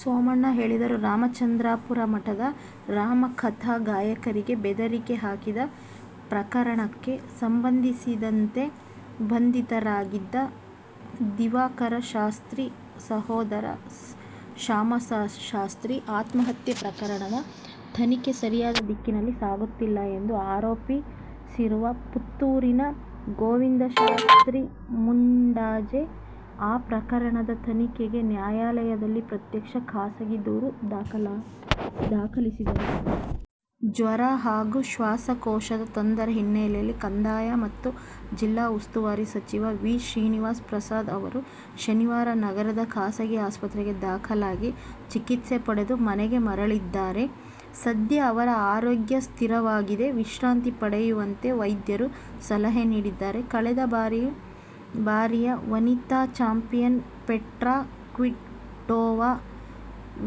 ಸೋಮಣ್ಣ ಹೇಳಿದರು. ರಾಮಚಂದ್ರಾಪುರ ಮಠದ ರಾಮಕಥಾ ಗಾಯಕರಿಗೆ ಬೆದರಿಕೆ ಹಾಕಿದ ಪ್ರಕರಣಕ್ಕೆ ಸಂಬಂಧಿಸಿದಂತೆ ಬಂಧಿತರಾಗಿದ್ದ ದಿವಾಕರಶಾಸ್ತ್ರಿ ಸಹೋದರ ಶಾಮಶಾಸ್ತ್ರಿ ಆತ್ಮಹತ್ಯೆ ಪ್ರಕರಣದ ತನಿಖೆ ಸರಿಯಾದ ದಿಕ್ಕಿನಲ್ಲಿ ಸಾಗುತ್ತಿಲ್ಲ ಎಂದು ಆರೋಪಿಸಿರುವ ಪುತ್ತೂರಿನ ಗೋವಿಂದಶಾಸ್ತ್ರಿ ಮುಂಡಾಜೆ, ಆ ಪ್ರಕರಣದ ತನಿಖೆಗೆ ನ್ಯಾಯಾಲಯದಲ್ಲಿ ಪ್ರತ್ಯೇಕ ಖಾಸಗಿ ದೂರು ದಾಖಲಿಸಿದ್ದಾರೆ. ಜ್ವರ ಹಾಗೂ ಶ್ವಾಸಕೋಶದ ತೊಂದರೆ ಹಿನ್ನೆಲೆಯಲ್ಲಿ ಕಂದಾಯ ಮತ್ತು ಜಿಲ್ಲಾ ಉಸ್ತುವಾರಿ ಸಚಿವ ವಿ. ಶ್ರೀನಿವಾಸ ಪ್ರಸಾದ್ ಅವರು ಶನಿವಾರ ನಗರದ ಖಾಸಗಿ ಆಸ್ಪತ್ರೆಗೆ ದಾಖಲಾಗಿ, ಚಿಕಿತ್ಸೆ ಪಡೆದು ಮನೆಗೆ ಮರಳಿದ್ದಾರೆ. ಸದ್ಯ ಅವರ ಆರೋಗ್ಯ ಸ್ಥಿರವಾಗಿದೆ. ವಿಶ್ರಾಂತಿ ಪಡೆಯುವಂತೆ ವೈದ್ಯರು ಸಲಹೆ ನೀಡಿದ್ದಾರೆ. ಕಳೆದ ಬಾರಿಯ ವನಿತಾ ಚಾಂಪಿಯನ್ ಪೆಟ್ರಾ ಕ್ವಿಟೋವಾ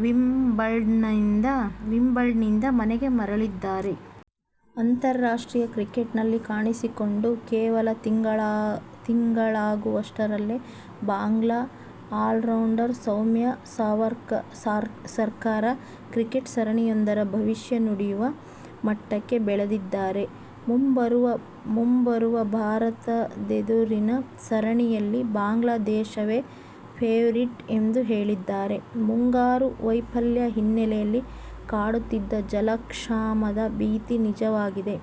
ವಿಂಬಲ್ಡನ್ನಿಂದ ಮನೆಗೆ ಮರಳಿದ್ದಾರೆ. ಅಂತಾರಾಷ್ಟ್ರೀಯ ಕ್ರಿಕೆಟ್ನಲ್ಲಿ ಕಾಣಿಸಿಕೊಂಡು ಕೇವಲ ತಿಂಗಳಾಗುವಷ್ಟರಲ್ಲೇ ಬಾಂಗ್ಲಾ ಆಲ್ರೌಂಡರ್ ಸೌಮ್ಯ ಸರ್ಕಾರ್ ಕ್ರಿಕೆಟ್ ಸರಣಿಯೊಂದರ ಭವಿಷ್ಯ ನುಡಿಯುವ ಮಟ್ಟಕ್ಕೆ ಬೆಳೆದಿದ್ದಾರೆ. ಮುಂಬರುವ ಭಾರತದೆದುರಿನ ಸರಣಿಯಲ್ಲಿ ಬಾಂಗ್ಲಾದೇಶವೇ ಫೇವರಿಟ್ ಎಂದು ಹೇಳಿದ್ದಾರೆ. ಮುಂಗಾರು ವೈಫಲ್ಯ ಹಿನ್ನೆಲೆಯಲ್ಲಿ ಕಾಡುತ್ತಿದ್ದ ಜಲಕ್ಷಾಮದ ಭೀತಿ ನಿಜವಾಗಿದೆ.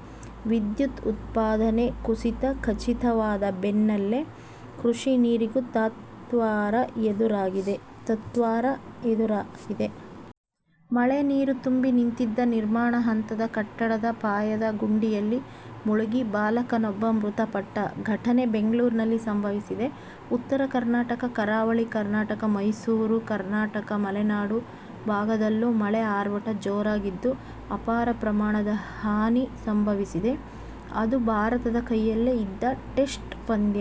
ವಿದ್ಯುತ್ ಉತ್ಪಾದನೆ ಕುಸಿತ ಖಚಿತವಾದ ಬೆನ್ನಲ್ಲೇ ಕೃಷಿ ನೀರಿಗೂ ತತ್ವಾರ ಎದುರಾಗಿದೆ. ಮಳೆ ನೀರು ತುಂಬಿ ನಿಂತಿದ್ದ ನಿರ್ಮಾಣ ಹಂತದ ಕಟ್ಟಡದ ಪಾಯದ ಗುಂಡಿಯಲ್ಲಿ ಮುಳುಗಿ ಬಾಲಕನೊಬ್ಬ ಮೃತಪಟ್ಟ ಘಟನೆ ಬೆಂಗಳೂರಿನಲ್ಲಿ ಸಂಭವಿಸಿದೆ. ಉತ್ತರ ಕರ್ನಾಟಕ, ಕರಾವಳಿ ಕರ್ನಾಟಕ, ಮೈಸೂರು ಕರ್ನಾಟಕ, ಮಲೆನಾಡು ಭಾಗದಲ್ಲೂ ಮಳೆ ಆರ್ಭಟ ಜೋರಾಗಿದ್ದು ಅಪಾರ ಪ್ರಮಾಣದ ಹಾನಿ ಸಂಭವಿಸಿದೆ. ಅದು ಭಾರತದ ಕೈಯಲ್ಲೇ ಇದ್ದ ಟೆಸ್ಟ್ ಪಂದ್ಯ.